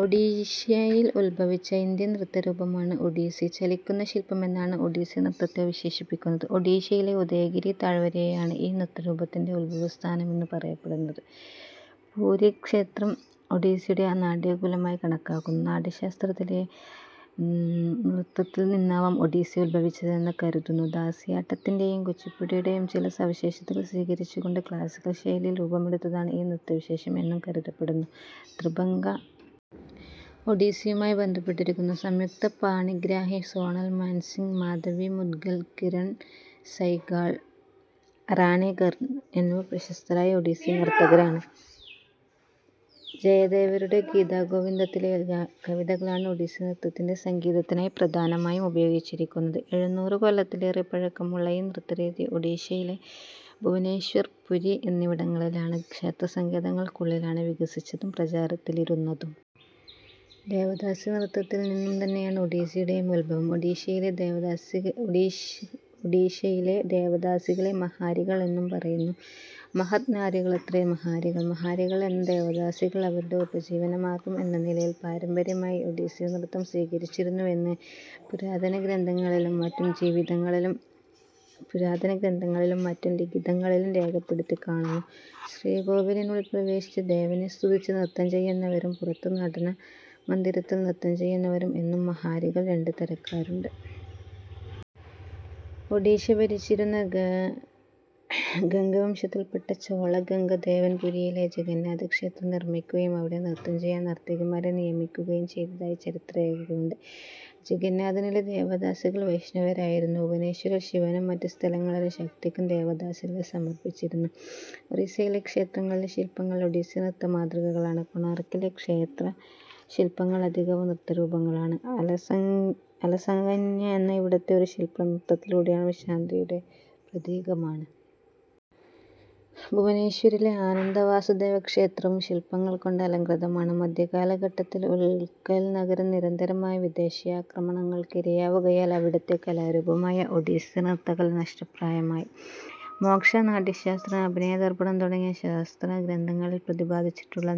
ഒഡീഷയിൽ ഉത്ഭവിച്ച ഇന്ത്യൻ നൃത്തരൂപമാണ് ഒഡീസി. ചലിക്കുന്ന ശിൽപം എന്നാണ് ഒഡീസി നൃത്തത്തെ വിശേഷിപ്പിക്കുന്നത്. ഒഡീഷയിലെ ഉദയഗിരി താഴ്‌വരയെയാണ് ഈ നൃത്തരൂപത്തിൻ്റെ ഉത്ഭവസ്ഥാനമെന്ന് പറയപ്പെടുന്നത്. പുരി ക്ഷേത്രം ഒഡീസിയുടെ നാട്യകുലമായി കണക്കാക്കുന്നു. നാട്യശാസ്ത്രത്തിലെ ഒദ്രനൃത്തത്തിൽ നിന്നാവാം ഒഡീസി ഉത്ഭവിച്ചതെന്ന് കരുതുന്നു. ദാസിയാട്ടത്തിൻ്റെയും കുച്ചിപ്പുടിയുടെയും ചില സവിശേഷതകൾ സ്വീകരിച്ചുകൊണ്ട് ക്ലാസിക്കൽ ശൈലിയിൽ രൂപമെടുത്തതാണ് ഈ നൃത്തവിശേഷം എന്നും കരുതപ്പെടുന്നു. ത്രിഭംഗ ഒഡീസിയുമായി ബന്ധപ്പെട്ടിരിക്കുന്നു. സംയുക്ത പാണിഗ്രാഹി, സോണൽ മാൻസിങ്, മാധവി മുദ്ഗൽ, കിരൺ സൈഗാൾ, റാണി കർൺ എന്നിവർ പ്രശസ്തരായ ഒഡീസി നർത്തകരാണ്. ജയദേവരുടെ ഗീതാഗോവിന്ദത്തിലെ കവിതകളാണ് ഒഡീസി നൃത്തത്തിൻ്റെ സംഗീതത്തിനായി പ്രധാനമായും ഉപയോഗിച്ചിരിക്കുന്നത്. എഴുന്നൂറ് കൊല്ലത്തിലേറെ പഴക്കമുള്ള ഈ നൃത്തരീതി ഒഡീഷയിലെ ഭുവനേശ്വർ, പുരി എന്നിവിടങ്ങളിലെ ക്ഷേത്രസങ്കേതങ്ങൾക്കുള്ളിലാണ് വികസിച്ചതും പ്രചാരത്തിലിരുന്നതും. ദേവദാസി നൃത്തത്തിൽനിന്നു തന്നെയാണ് ഒഡീസിയുടെയും ഉത്ഭവം. ഒഡീഷയിലെ ദേവദാസികളെ മഹാരികൾ എന്നു പറയുന്നു. മഹത് നാരികളത്രേ മഹാരികൾ. മഹാരികൾ എന്ന ദേവദാസികൾ അവരുടെ ഉപജീവനമാർഗം എന്ന നിലയിൽ പാരമ്പര്യമായി ഒഡീസി നൃത്തം സ്വീകരിച്ചിരുന്നുവെന്ന് പുരാതനഗ്രന്ഥങ്ങളിലും മറ്റു ലിഖിതങ്ങളിലും രേഖപ്പെടുത്തിക്കാണുന്നു. ശ്രീകോവിലിനുള്ളിൽ പ്രവേശിച്ച് ദേവനെ സ്തുതിച്ച് നൃത്തം ചെയ്യുന്നവരും പുറത്ത് നടനമന്ദിരത്തിൽ നൃത്തം ചെയ്യുന്നവരും എന്നു മഹാരികൾ രണ്ട് തരക്കാരുണ്ട്. ഒഡീഷ ഭരിച്ചിരുന്ന ഗംഗവംശത്തിൽപ്പെട്ട ചോളഗംഗദേവൻ പുരിയിലെ ജഗന്നാഥക്ഷേത്രം നിർമ്മിക്കുകയും അവിടെ നൃത്തം ചെയ്യാൻ നർത്തകിമാരെ നിയമിക്കുകയും ചെയ്തതായി ചരിത്രരേഖകളുണ്ട്. ജഗന്നാഥിലെ ദേവദാസികൾ വൈഷ്ണവരായിരുന്നു. ഭുവനേശ്വരിൽ ശിവനും മറ്റ് സ്ഥലങ്ങളിൽ ശക്തിക്കും ദേവദാസികളെ സമർപ്പിച്ചിരുന്നു. ഒറീസയിലെ ക്ഷേത്രങ്ങളിലെ ശിൽപങ്ങൾ ഒഡീസി നൃത്തമാതൃകകളാണ്. കൊണാർക്കിലെ ക്ഷേത്രശിൽപങ്ങൾ അധികവും നൃത്തരൂപങ്ങളാണ്. അലസകന്യ എന്ന ഇവിടത്തെ ഒരു ശിൽപം നൃത്തത്തിലൂടെയുള്ള വിശ്രാന്തിയുടെ പ്രതീകമാണ്. ഭുവനേശ്വരിലെ ആനന്ദവാസുദേവക്ഷേത്രവും ശിൽപങ്ങൾ കൊണ്ട് അലങ്കൃതമാണ്. മധ്യകാലഘട്ടത്തിൽ ഉത്കൽ നഗരം നിരന്തരമായ വിദേശിയാക്രമണങ്ങൾക്ക് ഇരയാവുകയാൽ അവിടത്തെ കലാരൂപമായ ഒഡീസി നൃത്തകല നഷ്ടപ്രായമായി. മോക്ഷ, നാട്യശാസ്ത്രം, അഭിനയദർപ്പണം തുടങ്ങിയ ശാസ്ത്രഗ്രന്ഥങ്ങളിൽ പ്രതിപാദിച്ചിട്ടുള്ള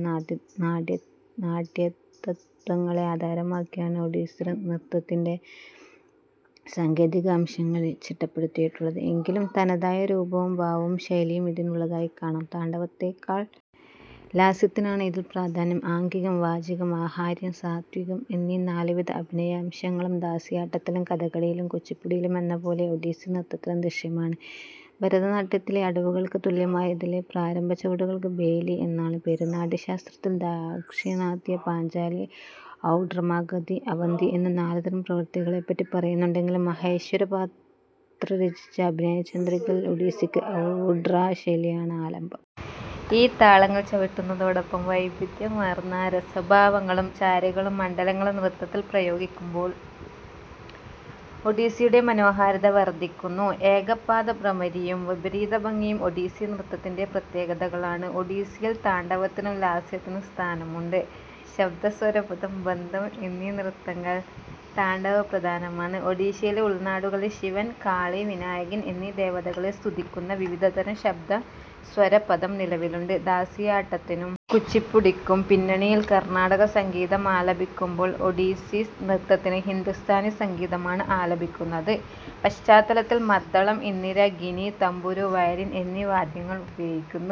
നാട്യതത്വങ്ങളെ ആധാരമാക്കിയാണ് ഒഡീസി നൃത്തത്തിൻ്റെ സാങ്കേതികാംശങ്ങൾ ചിട്ടപ്പെടുത്തിയിട്ടുള്ളത്. എങ്കിലും തനതായ രൂപവും ഭാവവും ശൈലിയും ഇതിനുള്ളതായി കാണാം. താണ്ഡവത്തെക്കാൾ ലാസ്യത്തിനാണ് ഇതിൽ പ്രാധാന്യം. ആംഗികം, വാചികം, ആഹാര്യം, സാത്വികം എന്നീ നാലുവിധ അഭിനയാംശങ്ങളും ദാസിയാട്ടത്തിലും കഥകളിയിലും കുച്ചിപ്പുടിയിലും എന്നപോലെ ഒഡീസി നൃത്തത്തിലും ദൃശ്യമാണ്. ഭരതനാട്യത്തിലെ അടവുകൾക്ക് തുല്യമായ ഇതിലെ പ്രാരംഭച്ചുവടുകൾക്ക് ബേലി എന്നാണ് പേര്. നാട്യശാസ്ത്രത്തിൽ ദാക്ഷിണാത്യ, പാഞ്ചാലി, ഔഡ്രമാഗധി, അവന്തി എന്നു നാലുതരം പ്രവൃത്തികളെപ്പറ്റി പറയുന്നുണ്ടെങ്കിൽ മഹേശ്വരപത്ര രചിച്ച അഭിനയചന്ദ്രികയിൽ ഒഡീസിക്ക് ഔഡ്രാ ശൈലിയാണ് ആലംബം. ഈ താളങ്ങൾ ചവിട്ടുന്നതോടൊപ്പം വൈവിധ്യമാർന്ന രസഭാവങ്ങളും ചാരികളും മണ്ഡലങ്ങളും നൃത്തത്തിൽ പ്രയോഗിക്കുമ്പോൾ ഒഡീസിയുടെ മനോഹാരിത വർധിക്കുന്നു. ഏകപാദഭ്രമരിയും വിപരീതഭംഗിയും ഒഡീസി നൃത്തത്തിൻ്റെ പ്രത്യേകതകളാണ്. ഒഡീസിയിൽ താണ്ഡവത്തിനും ലാസ്യത്തിനും സ്ഥാനമുണ്ട്. ശബ്ദസ്വരപദം, ബന്ധം എന്നീ നൃത്തങ്ങൾ താണ്ഡവപ്രധാനമാണ്. ഒഡീഷയിലെ ഉൾനാടുകളിൽ ശിവൻ, കാളി, വിനായകൻ എന്നീ ദേവതകളെ സ്തുതിക്കുന്ന വിവിധതരം ശബ്ദസ്വരപദം നിലവിലുണ്ട്. ദാസിയാട്ടത്തിനും കുച്ചിപ്പുടിക്കും പിന്നണിയിൽ കർണാടക സംഗീതമാലപിക്കുമ്പോൾ ഒഡീസി നൃത്തത്തിന് ഹിന്ദുസ്ഥാനി സംഗീതമാണ് ആലപിക്കുന്നത്. പശ്ചാത്തലത്തിൽ മദ്ദളം, മന്ദിര, ഗിനി, തംബുരു, വയലിൻ എന്നീ വാദ്യങ്ങൾ ഉപയോഗിക്കുന്നു.